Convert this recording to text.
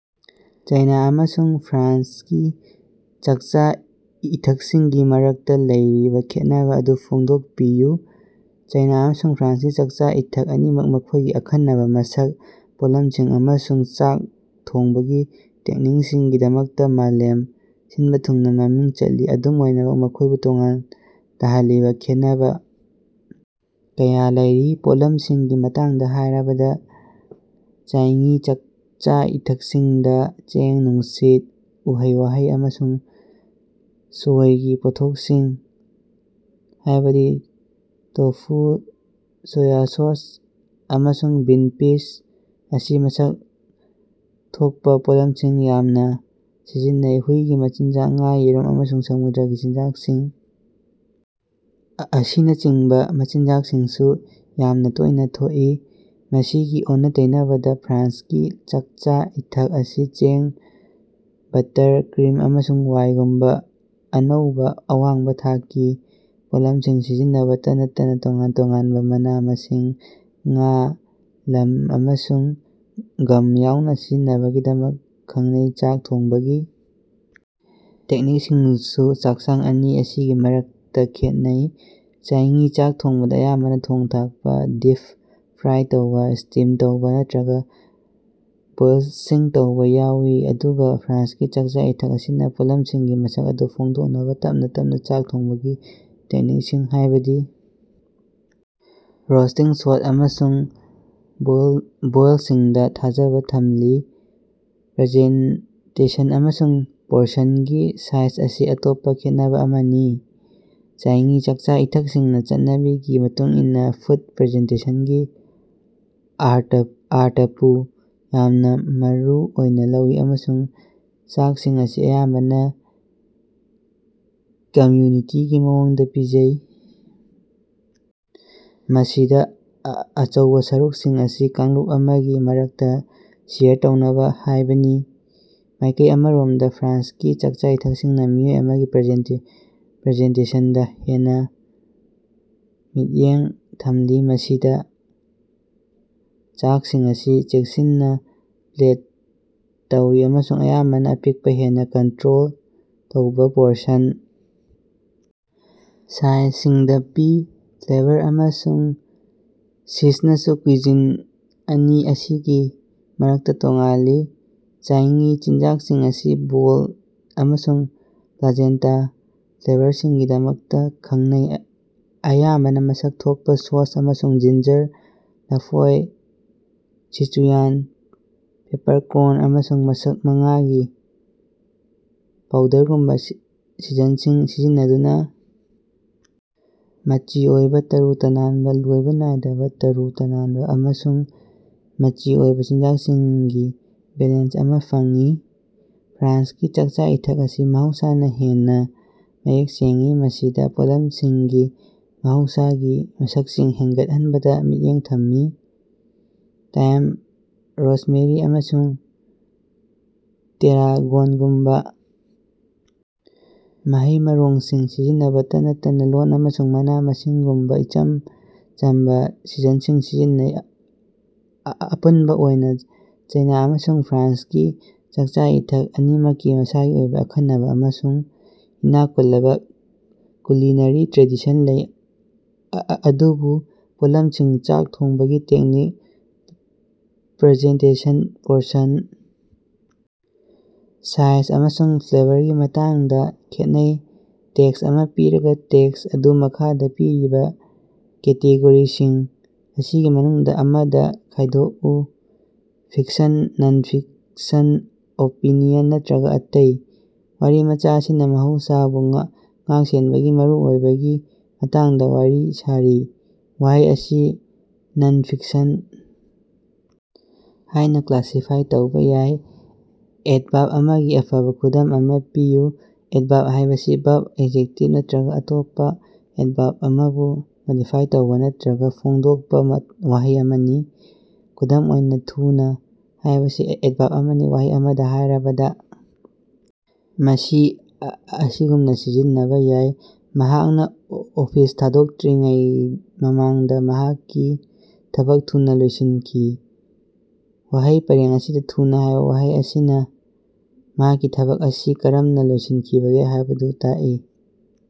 ꯆꯥꯏꯅ ꯑꯃꯁꯨꯡ ꯐ꯭ꯔꯥꯟꯁꯀꯤ ꯆꯥꯛꯆꯥ-ꯏꯊꯛꯁꯤꯡꯒꯤ ꯃꯔꯛꯇꯥ ꯂꯩꯔꯤꯕ ꯈꯦꯠꯅꯕ ꯑꯗꯨ ꯐꯣꯡꯗꯣꯛꯄꯤꯌꯨ꯫ ꯆꯥꯏꯅ ꯑꯃꯁꯨꯡ ꯐ꯭ꯔꯥꯟꯁꯀꯤ ꯆꯥꯛꯆꯥ-ꯏꯊꯛ ꯑꯅꯤꯃꯛ ꯃꯈꯣꯏꯒꯤ ꯑꯈꯟꯅꯕꯥ ꯃꯁꯛ, ꯄꯣꯠꯂꯝꯁꯤꯡ ꯑꯃꯁꯨꯡ ꯆꯥꯛ ꯊꯣꯡꯕꯒꯤ ꯇꯦꯛꯅꯤꯛꯁꯤꯡꯒꯤꯗꯃꯛꯇꯥ ꯃꯥꯂꯦꯝ ꯁꯤꯟꯕ ꯊꯨꯡꯅ ꯃꯃꯤꯡ ꯆꯠꯂꯤ꯫ ꯑꯗꯨꯝ ꯑꯣꯏꯅꯃꯛ ꯃꯈꯣꯏꯕꯨ ꯇꯣꯉꯥꯟꯅ ꯇꯥꯍꯜꯂꯤꯕ ꯈꯦꯟꯅꯕ ꯀꯌꯥ ꯂꯩꯔꯤ꯫ ꯄꯣꯠꯂꯝꯁꯤꯡꯒꯤ ꯃꯇꯥꯡꯗ ꯍꯥꯏꯔꯕꯗ, ꯆꯥꯏꯉꯤ ꯆꯥꯛꯆꯥ-ꯏꯊꯛꯁꯤꯡꯗꯥ ꯆꯦꯡ, ꯅꯨꯡꯁꯤꯠ, ꯎꯍꯩ-ꯋꯍꯩ, ꯑꯃꯁꯨꯡ ꯁꯣꯌꯒꯤ ꯄꯣꯠꯊꯣꯛꯁꯤꯡ ꯍꯥꯏꯕꯗꯤ ꯇꯣꯐꯨ, ꯁꯣꯌ ꯁꯣꯁ ꯑꯃꯁꯨꯡ ꯕꯤꯟ ꯄꯤꯁ ꯑꯁꯤ ꯃꯁꯛ ꯊꯣꯛꯄꯥ ꯄꯣꯠꯂꯝꯁꯤꯡ ꯌꯥꯝꯅ ꯁꯤꯖꯤꯟꯅꯩ꯫ ꯍꯨꯏꯒꯤ ꯃꯆꯤꯟꯖꯥꯛ, ꯉꯥ, ꯌꯦꯔꯨꯝ, ꯑꯃꯁꯨꯡ ꯁꯃꯨꯗ꯭ꯔꯒꯤ ꯆꯤꯟꯖꯥꯛꯁꯤꯡ ꯑꯁꯤꯅꯆꯤꯡꯕ ꯃꯆꯤꯟꯖꯥꯛꯁꯤꯡꯁꯨ ꯌꯥꯝꯅ ꯇꯣꯏꯅ ꯊꯣꯛꯏ꯫ ꯃꯁꯤꯒꯤ ꯑꯣꯟꯅ-ꯇꯩꯅꯕꯗ, ꯐ꯭ꯔꯥꯟꯁꯀꯤ ꯆꯥꯛꯆꯥ-ꯏꯊꯛ ꯑꯁꯤ ꯆꯦꯡ, ꯕꯠꯇꯔ, ꯀ꯭ꯔꯤꯝ, ꯑꯃꯁꯨꯡ ꯋꯥꯏꯉꯨꯝꯕ ꯑꯅꯧꯕ, ꯑꯋꯥꯡꯕ ꯊꯥꯛꯀꯤ ꯄꯣꯠꯂꯝꯁꯤꯡ ꯁꯤꯖꯤꯟꯅꯕꯇ ꯅꯠꯇꯅ ꯇꯣꯉꯥꯟ ꯇꯣꯉꯥꯟꯕ ꯃꯅꯥ-ꯃꯁꯤꯡ, ꯉꯥ, ꯂꯝ, ꯑꯃꯁꯨꯡ ꯒꯝ ꯌꯥꯎꯅ ꯁꯤꯖꯤꯟꯅꯕꯒꯤꯗꯃꯛ ꯈꯪꯅꯩ꯫ ꯆꯥꯛ ꯊꯣꯡꯕꯒꯤ ꯇꯦꯛꯅꯤꯛꯁꯤꯡꯁꯨ ꯆꯥꯛꯁꯪ ꯑꯅꯤ ꯑꯁꯤꯒꯤ ꯃꯔꯛꯇꯥ ꯈꯦꯠꯅꯩ꯫ ꯆꯥꯏꯉꯤ ꯆꯥꯛ ꯊꯣꯡꯕꯗ ꯑꯌꯥꯝꯕꯅ ꯊꯣꯡ-ꯊꯥꯛꯄ, ꯗꯤꯞ-ꯐ꯭ꯔꯥꯏ ꯇꯧꯕ, ꯁ꯭ꯇꯤꯝ ꯇꯧꯕ ꯅꯠꯇ꯭ꯔꯒꯥ ꯕꯣꯏꯜꯁꯤꯡ ꯇꯧꯕ ꯌꯥꯎꯋꯤ, ꯑꯗꯨꯒ ꯐ꯭ꯔꯥꯟꯁꯀꯤ ꯆꯥꯛꯆꯥ-ꯏꯊꯛ ꯑꯁꯤꯅ ꯄꯣꯠꯂꯝꯁꯤꯡꯒꯤ ꯃꯁꯛ ꯑꯗꯨ ꯐꯣꯡꯗꯣꯛꯅꯕ ꯇꯞꯅ ꯇꯞꯅ ꯆꯥꯛ ꯊꯣꯡꯕꯒꯤ ꯇꯦꯛꯅꯤꯛꯁꯤꯡ, ꯍꯥꯏꯕꯗꯤ ꯔꯣꯁꯇꯤꯡ, ꯁꯣꯠ ꯑꯃꯁꯨꯡ ꯕꯣꯏꯜꯁꯤꯡꯗ ꯊꯥꯖꯕ ꯊꯝꯂꯤ꯫ ꯄ꯭ꯔꯖꯦꯟꯇꯦꯁꯟ ꯑꯃꯁꯨꯡ ꯄꯣꯔꯁꯟꯒꯤ ꯁꯥꯏꯖ ꯑꯁꯤ ꯑꯇꯣꯞꯄ ꯈꯦꯠꯅꯕ ꯑꯃꯅꯤ꯫ ꯆꯥꯏꯉꯤ ꯆꯥꯛꯆꯥ-ꯏꯊꯛꯁꯤꯡꯅꯥ ꯆꯠꯅꯕꯤꯒꯤ ꯃꯇꯨꯡ ꯏꯟꯅꯥ ꯐꯨꯗ ꯄ꯭ꯔꯖꯦꯟꯇꯦꯁꯟꯒꯤ ꯑꯥꯔꯇꯄꯨ ꯌꯥꯝꯅ ꯃꯔꯨ ꯑꯣꯏꯅ ꯂꯧꯏ ꯑꯃꯁꯨꯡ ꯆꯥꯛꯁꯤꯡ ꯑꯁꯤ ꯑꯌꯥꯝꯕꯅ ꯀꯝꯌꯨꯅꯤꯇꯤꯒꯤ ꯃꯑꯣꯡꯗ ꯄꯤꯖꯩ, ꯃꯁꯤꯗ ꯑꯆꯧꯕ ꯁꯔꯨꯛꯁꯤꯡ ꯑꯁꯤ ꯀꯥꯡꯂꯨꯞ ꯑꯃꯒꯤ ꯃꯔꯛꯇ ꯁꯤꯌꯔ ꯇꯧꯅꯕ ꯍꯥꯏꯕꯅꯤ꯫ ꯃꯥꯏꯀꯩ ꯑꯃꯔꯣꯝꯗꯥ ꯐ꯭ꯔꯥꯟꯁꯀꯤ ꯆꯥꯛꯆꯥ-ꯏꯊꯛꯁꯤꯡꯅ ꯃꯤꯑꯣꯏ ꯑꯃꯒꯤ ꯄꯔꯖꯦꯟꯇꯦꯁꯟꯗ ꯍꯦꯟꯅ ꯃꯤꯠꯌꯦꯡ ꯊꯝꯂꯤ, ꯃꯁꯤꯗ ꯆꯥꯛꯁꯤꯡ ꯑꯁꯤ ꯆꯦꯛꯁꯤꯟꯅ ꯄ꯭ꯂꯦꯠ ꯇꯧꯏ ꯑꯃꯁꯨꯡ ꯑꯌꯥꯝꯕꯅ ꯑꯄꯤꯛꯄ, ꯍꯦꯟꯅ ꯀꯟꯇ꯭ꯔꯣꯜ ꯇꯧꯕ ꯄꯣꯔꯁꯟ ꯁꯥꯏꯖꯁꯤꯡꯗ ꯄꯤ꯫ ꯐ꯭ꯂꯦꯕꯔ ꯑꯃꯁꯨꯡ ꯁꯤꯖꯅꯁꯨ ꯀꯨꯏꯖꯤꯟ ꯑꯅꯤ ꯑꯁꯤꯒꯤ ꯃꯔꯛꯇ ꯇꯣꯉꯥꯜꯂꯤ꯫ ꯆꯥꯏꯉꯤ ꯆꯤꯟꯖꯥꯛꯁꯤꯡ ꯑꯁꯤ ꯕꯣꯜꯗ ꯑꯃꯁꯨꯡ ꯄ꯭ꯂꯥꯖꯦꯟꯇꯥ ꯐ꯭ꯂꯦꯕꯔꯁꯤꯡꯒꯤꯗꯃꯛꯇ ꯈꯪꯅꯩ, ꯑꯌꯥꯝꯕꯅ ꯃꯁꯛ ꯊꯣꯛꯄꯥ, ꯁꯣꯁ, ꯑꯃꯁꯨꯡ ꯖꯤꯟꯖꯥꯔ, ꯂꯐꯣꯏ, ꯁꯤꯆꯨꯌꯥꯟ ꯄꯦꯄꯔꯀꯣꯔꯟ, ꯑꯃꯁꯨꯡ ꯃꯁꯛ ꯃꯉꯥꯒꯤ ꯄꯥꯎꯗꯔꯒꯨꯝꯕ ꯁꯤꯖꯟꯁꯤꯡ ꯁꯤꯖꯤꯟꯅꯗꯨꯅ ꯃꯆꯤ ꯑꯣꯏꯕ, ꯇꯔꯨ ꯇꯅꯥꯟꯕ, ꯂꯣꯏꯕ ꯅꯥꯏꯗꯕ, ꯇꯔꯨ ꯇꯅꯥꯟꯕ ꯑꯃꯁꯨꯡ ꯃꯆꯤ ꯑꯣꯏꯕ ꯆꯤꯟꯖꯥꯛꯁꯤꯡꯒꯤ ꯕꯦꯂꯦꯟꯁ ꯑꯃ ꯐꯪꯏ꯫ ꯐ꯭ꯔꯥꯟꯁꯀꯤ ꯆꯥꯛꯆꯥ-ꯏꯊꯛ ꯑꯁꯤ ꯃꯍꯧꯁꯥꯅ ꯍꯦꯟꯅ ꯃꯌꯦꯛ ꯁꯦꯡꯏ, ꯃꯁꯤꯗ ꯄꯣꯠꯂꯝꯁꯤꯡꯒꯤ ꯃꯍꯧꯁꯥꯒꯤ ꯃꯁꯛꯁꯤꯡ ꯍꯦꯟꯒꯠꯍꯟꯕꯗ ꯃꯤꯠꯌꯦꯡ ꯊꯝꯃꯤ, ꯇꯥꯏꯝ, ꯔꯣꯁꯃꯦꯔꯤ, ꯑꯃꯁꯨꯡ ꯇꯦꯔꯥꯒꯣꯟꯒꯨꯝꯕ ꯃꯍꯩ-ꯃꯔꯣꯡꯁꯤꯡ ꯁꯤꯖꯤꯟꯅꯕꯇ ꯅꯠꯇꯅ ꯂꯣꯟ ꯑꯃꯁꯨꯡ ꯃꯅꯥ-ꯃꯁꯤꯡꯒꯨꯝꯕꯥ ꯏꯆꯝ ꯆꯝꯕ ꯁꯤꯖꯟꯁꯤꯡ ꯁꯤꯖꯤꯟꯅꯩ꯫ ꯑꯄꯨꯟꯕ ꯑꯣꯏꯅ ꯆꯥꯏꯅ ꯑꯃꯁꯨꯡ ꯐ꯭ꯔꯥꯟꯁꯀꯤ ꯆꯥꯛꯆꯥ-ꯏꯊꯛ ꯑꯅꯤꯃꯛꯀꯤ ꯃꯁꯥꯒꯤ ꯑꯣꯏꯕ ꯑꯈꯟꯅꯕ ꯑꯃꯁꯨꯡ ꯏꯅꯥꯛ ꯈꯨꯜꯂꯕ ꯀꯨꯂꯤꯅꯔꯤ ꯇ꯭ꯔꯦꯗꯤꯁꯟ ꯂꯩ, ꯑꯗꯨꯕꯨ ꯄꯣꯠꯂꯝꯁꯤꯡ, ꯆꯥꯛ ꯊꯣꯡꯕꯒꯤ ꯇꯦꯛꯅꯤꯛ, ꯄꯔꯖꯦꯟꯇꯦꯁꯟ, ꯄꯣꯔꯁꯟ ꯁꯥꯏꯖ ꯑꯃꯁꯨꯡ ꯐ꯭ꯂꯦꯕꯔꯒꯤ ꯃꯇꯥꯡꯗ ꯈꯦꯠꯅꯩ꯫ ꯇꯦꯛꯁ ꯑꯃ ꯄꯤꯔꯒ, ꯇꯦꯛꯁ ꯑꯗꯨ ꯃꯈꯥꯗ ꯄꯤꯔꯤꯕ ꯀꯦꯇꯦꯒꯣꯔꯤꯁꯤꯡ ꯑꯁꯤꯒꯤ ꯃꯅꯨꯡꯗ ꯑꯃꯗ ꯈꯥꯏꯗꯣꯛꯎ: ꯐꯤꯛꯁꯟ, ꯅꯟ-ꯐꯤꯛꯁꯟ, ꯑꯣꯄꯤꯅꯤꯌꯟ ꯅꯠꯇ꯭ꯔꯒ ꯑꯇꯩ꯫ ꯋꯔꯤꯃꯆꯥ ꯑꯁꯤꯅ ꯃꯍꯧꯁꯥꯕꯨ ꯉꯥꯛ-ꯁꯦꯟꯕꯒꯤ ꯃꯔꯨꯑꯣꯏꯕꯒꯤ ꯃꯇꯥꯡꯗ ꯋꯔꯤ ꯁꯥꯔꯤ꯫ ꯋꯍꯩ ꯑꯁꯤ "ꯅꯟ-ꯐꯤꯛꯁꯟ" ꯍꯥꯏꯅ ꯀ꯭ꯂꯥꯁꯤꯐꯥꯏ ꯇꯧꯕ ꯌꯥꯏ꯫ ꯑꯦꯗꯚꯔꯕ ꯑꯃꯒꯤ ꯑꯐꯕꯥ ꯈꯨꯗꯝ ꯑꯃꯥ ꯄꯤꯌꯨ꯫ ꯑꯦꯗꯚꯔꯕ ꯍꯥꯏꯕꯁꯤ ꯕꯔꯕ, ꯑꯦꯖꯦꯛꯇꯤꯚ ꯅꯠꯇ꯭ꯔꯒ ꯑꯇꯣꯞꯄ ꯑꯦꯗꯚꯔꯕ ꯑꯃꯕꯨ ꯃꯣꯗꯤꯐꯥꯏ ꯇꯧꯕ ꯅꯠꯇ꯭ꯔꯒ ꯐꯣꯡꯗꯣꯛꯄ ꯋꯍꯩ ꯑꯃꯅꯤ꯫ ꯈꯨꯗꯝ ꯑꯣꯏꯅꯥ, "ꯊꯨꯅꯥ" ꯍꯥꯏꯕꯁꯤ ꯑꯦꯗꯚꯔꯕ ꯑꯃꯅꯤ꯫ ꯋꯍꯩ ꯑꯃꯗ ꯍꯥꯏꯔꯕꯗ, ꯃꯁꯤ ꯑꯁꯤꯒꯨꯝꯅ ꯁꯤꯖꯤꯟꯅꯕ ꯌꯥꯏ: "ꯃꯍꯥꯛꯅ ꯑꯣꯐꯤꯁ ꯊꯗꯣꯛꯇ꯭ꯔꯤꯉꯩ ꯃꯃꯥꯡꯗ ꯃꯍꯥꯛꯀꯤ ꯊꯕꯛ ꯊꯨꯅ ꯂꯣꯏꯁꯤꯟꯈꯤ꯫" ꯋꯍꯩ ꯄꯔꯦꯡ ꯑꯁꯤꯗ "ꯊꯨꯅ" ꯍꯥꯏꯕ ꯋꯍꯩ ꯑꯁꯤꯅ ꯃꯍꯥꯛꯀꯤ ꯊꯕꯛ ꯑꯁꯤ ꯀꯔꯝꯅ ꯂꯣꯏꯁꯤꯠꯈꯤꯕꯒꯦ ꯍꯥꯏꯕꯗꯨ ꯇꯥꯛꯏ꯫